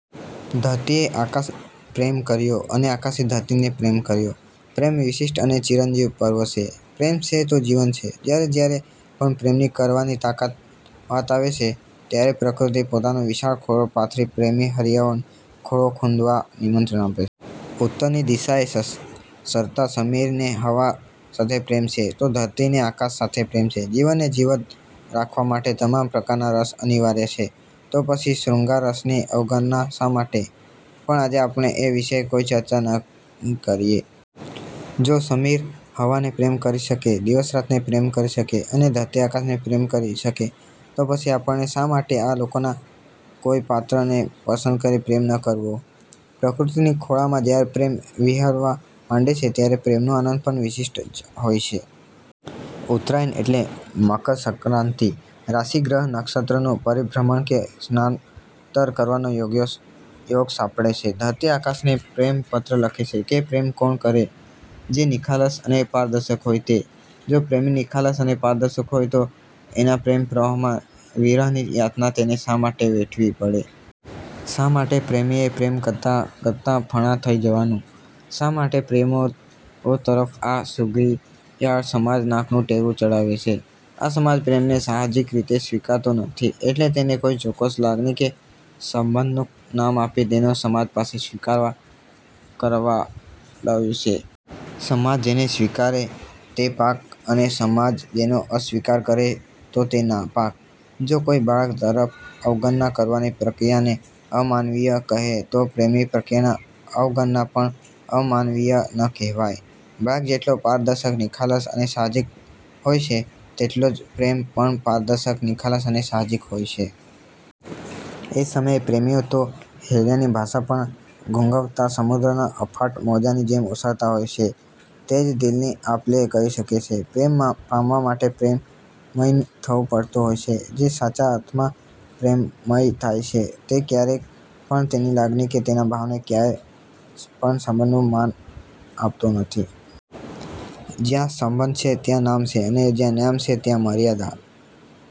ધરતીએ આકાશ પ્રેમ કર્યો, અને આકાશે ધરતીને પ્રેમ કર્યો, પ્રેમ વિશિષ્ટ અને ચિરંજીવ પર્વ છે. પ્રેમ છે તો જીવન છે. જ્યારે જ્યારે પણ પ્રેમની કરવાની તાકાત વાત આવે છે, ત્યારે પ્રકૃતિ પોતાનો વિશાળ ખોળો પાથરી પ્રેમી હૈયાઓને ખોળો ખૂંદવા નિમંત્રણ આપે છે. ઉત્તરની દિશાએ સસ સરતા સમીરને હવા સાથે પ્રેમ છે, તો ધરતીને આકાશ સાથે પ્રેમ છે. જીવનને જીવંત રાખવા માટે તમામ પ્રકારના રસ અનિવાર્ય છે. તો પછી શૃંગાર રસની અવગણના શા માટે? પણ આજે આપણે એ વિશે કોઈ ચર્ચા નહિ કરીએ. જો સમીર હવાને પ્રેમ કરી શકે, દિવસ રાતને પ્રેમ કરી શકે અને ધરતી આકાશને પ્રેમ કરી શકે તો પછી આપણે શા માટે આ લોકના કોઈ પાત્રને પસંદ કરી પ્રેમ ન કરવો? પ્રકૃતિના ખોળામાં જ્યારે પ્રેમ વિહરવા માંડે છે ત્યારે પ્રેમનો આનંદ પણ વિશિષ્ટ જ હોય છે. ઉત્તરાયણ એટલે મકરસંક્રાંતિ. રાશિ ગ્રહ નક્ષત્રનું પરિભ્રમણ કે સ્નાનતર કરવાનો યોગ સાંપડે છે. ધરતી આકાશને પ્રેમપત્ર લખે છે કે પ્રેમ કોણ કરે? જે નિખાલસ અને પારદર્શક હોય તે. જો પ્રેમી નિખાલસ અને પારદર્શક હોય તો એના પ્રેમ પ્રવાહમાં વિરહની યાતના તેણે શા માટે વેઠવી પડે? શા માટે પ્રેમીએ પ્રેમ કરતાં કરતાં ફના થઈ જવાનું? શા માટે પ્રેમો ઓ તરફ આ સુગિયાળ સમાજ નાકનું ટેરવું ચડાવે છે? આ સમાજ પ્રેમને સાહજિક રીતે સ્વીકારતો નથી એટલે તેને કોઈ ચોક્કસ લાગણી કે સંબંધનું નામ આપી તેનો સમાજ પાસે સ્વીકારવા કરાવાડાવ્યો છે. સમાજ જેને સ્વીકારે તે પાક અને સમાજ જેનો અસ્વીકાર કરે તો તે નાપાક? જો કોઈ બાળક તરફ અવગણના કરવાની પ્રક્રિયાને અમાનવીય કહે તો પ્રેમ પ્રક્રિયાની અવગણના પણ અમાનવીય ન કહેવાય? બાળક જેટલો પારદર્શક, નિખાલસ અને સાહજિક હોય છે, તેટલો જ પ્રેમ પણ પારદર્શક, નિખાલસ અને સાહજિક હોય છે. એ સમયે પ્રેમીઓ તો હૈયાની ભાષા પણ ઘૂઘવતા સમુદ્રના અફાટ મોજાંની જેમ ઓસલતા હોય છે. તે જ દિલની આપ-લે કરી શકે છે. પ્રેમ પામવા માટે પ્રેમમય થવું પડતું હોય છે. જે સાચા અર્થમાં પ્રેમમય થાય છે તે ક્યારે પણ તેની લાગણી કે તેના ભાવને ક્યારે પણ સંબંધનું નામ આપતો નથી. જ્યાં સંબંધ છે ત્યાં નામ છે અને જ્યાં નામ છે ત્યાં મર્યાદા